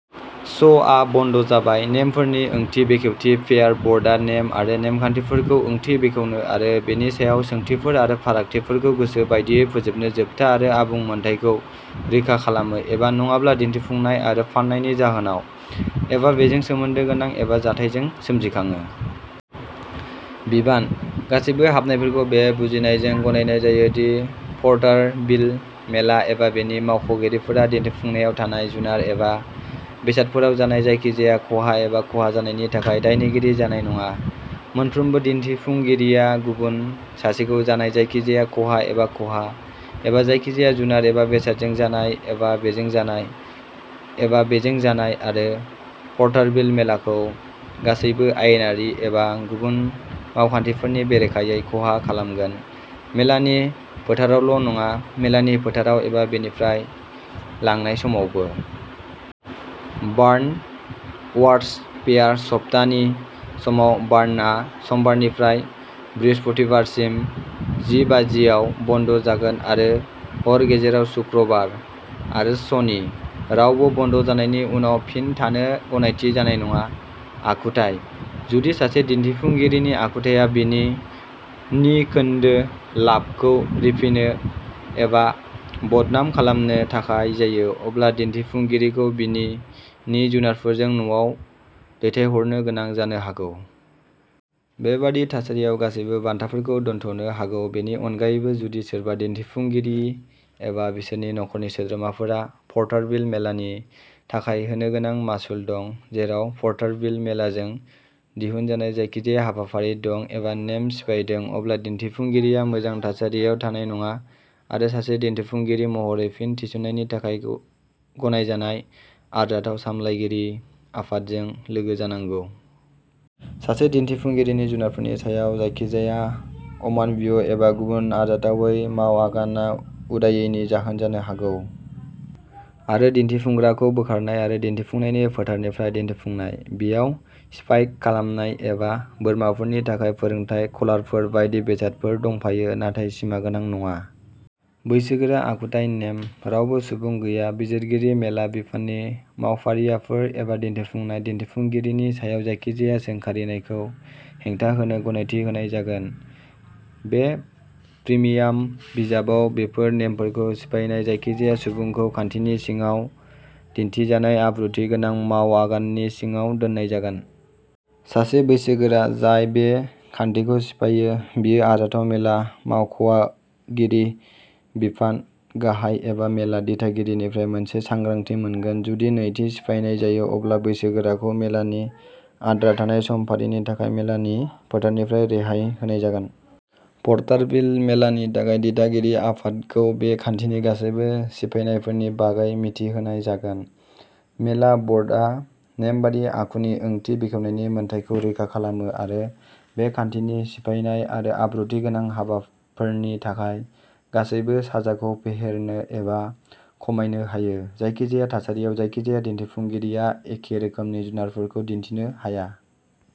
श'आ बन्द जाबाय। नेमफोरनि ओंथि बेखेवथिः फेयार बर्डआ नेम आरो नेमखान्थिफोरखौ ओंथि बेखेवनो आरो बेनि सायाव सोंथिफोर आरो फारागथिफोरखौ गोसो बायदियै फोजोबनो जोबथा आरो आबुं मोन्थाइखौ रैखा खालामो, एबा नङाब्ला दिन्थिफुंनाय आरो फान्नायनि जाहोनाव, एबा बेजों सोमोन्दो गोनां, एबा जाथायजों सोमजिखाङो। बिबानः गासैबो हाबनायफोरखौ बे बुजिनायजों गनायनाय जायो दि पर्टारभिल मेला एबा बेनि मावख'गिरिफोरा, दिन्थिफुंनायाव थानाय जुनार एबा बेसादफोराव जानाय जायखिजाया खहा एबा खहा जानायनि थाखाय दायनिगिरि जानाय नङा। मोनफ्रोमबो दिन्थिफुंगिरिया गुबुन सासेखौ जानाय जायखिजाया खहा एबा खहा, एबा जायखिजाया जुनार एबा बेसादजों जानाय, एबा बेजों जानाय, एबा बेजों जानाय, आरो पर्टारभिल मेलाखौ गासैबो आयेनारि एबा गुबुन मावखान्थिफोरनि बेरेखायै खहा खालामगोन, मेलानि फोथारावल'नङा, मेलानि फोथाराव एबा बेनिफ्राय लांनाय समावबो। बार्न अवार्सः फेयार सप्ताहनि समाव बार्नआ समबारनिफ्राय बृहस्पतिबारसिम जि बाजिआव बन्द जागोन आरो हर गेजेराव शुक्रबार। आरो सनि। रावबो बन्द'जानायनि उनाव फिन थानो गनायथि जानाय नङा! आखुथाइः जुदि सासे दिन्थिफुंगिरिनि आखुथाया बिनि िनि खोन्दो ्लाबखौ रिफिनो एबा बदनाम खालामनो थाखाय जायो, अब्ला दिन्थिफुंगिरिखौ बिनि िनि जुनारफोरजों न'आव दैथायहरनो गोनां जानो हागौ। बेबादि थासारियाव, गासैबो बान्थाफोरखौ दोनथ'नो हागौ। बेनि अनगायैबो, जुदि सोरबा दिन्थिफुंगिरि एबा बिसोरनि नखरनि सोद्रोमाफोरा पर्टारभिल मेलानि थाखाय होनोगोनां मासुल दं, जेराव पर्टारभिल मेलाजों दिहुनजानाय जायखिजाया हाबाफारि दं एबा नेम सिफायदों, अब्ला दिन्थिफुंगिरिया मोजां थासारियाव थानाय नङा आरो सासे दिन्थिफुंगिरि महरै फिन थिसननायनि थाखाय गनायजानाय आरजाथाव सामलायगिरि आफादजों लोगो जानांगौ। सासे दिन्थिफुंगिरिनि जुनारफोरनि सायाव जायखिजाया अमानवीय एबा गुबुन आरजाथावै मावआगानआ उदायैनि जाहोन जानो हागौ, आरो दिन्थिफुंग्राखौ बोखारनाय आरो दिन्थिफुंनायनि फोथारनिफ्राय दिन्थिफुंनाय। बेयाव स्पाइक खालामनाय एबा बोरमाफोरनि थाखाय फोरोंथाय कलारफोर बायदि बेसादफोर दंफायो नाथाय सिमागोनां नङा। बैसोगोरा आखुथाय नेमः रावबो सुबुं गैया। बिजिरगिरि, मेला, बिफाननि मावफारियाफोर एबा दिन्थिफुंनाय/दिन्थिफुंगिरिनि सायाव जायखिजाया सोंखारिनायखौ हेंथा होनो गनायथि होनाय जागोन। बे प्रिमियाम बिजाबाव बेफोर नेमफोरखौ सिफायनाय जायखिजाया सुबुंखौ खान्थिनि सिङाव दिनथिजानाय आब्रुथि गोनां मावआगाननि सिङाव दोननाय जागोन। सासे बैसोगोरा जाय बे खान्थिखौ सिफायो, बियो आरजाथाव मेला मावख'गिरि, बिफान गाहाय एबा मेला दिथागिरिनिफ्राय मोनसे सांग्रांथि मोनगोन। जुदि नैथि सिफायनाय जायो, अब्ला बैसोगोराखौ मेलानि आद्रा थानाय समफारिनि थाखाय मेलानि फोथारनिफ्राय रेहाय होनाय जागोन। पर्टारभिल मेलानि थाखाय दिथागिरि आफादखौ बे खान्थिनि गासैबो सिफायनायफोरनि बागै मिथि होनाय जागोन। मेला बर्डआ नेमबादि आखुनि ओंथि बेखेवनायनि मोन्थाइखौ रैखा खालामो आरो बे खान्थिनि सिफायनाय आरो आब्रुथि गोनां हाबाफोरनि थाखाय गासैबो साजाखौ फेहेरनो एबा खमायनो हायो। जायखिजाया थासारियाव जायखिजाया दिन्थिफुंगिरिया एखे रोखोमनि जुनारफोरखौ दिन्थिनो हाया।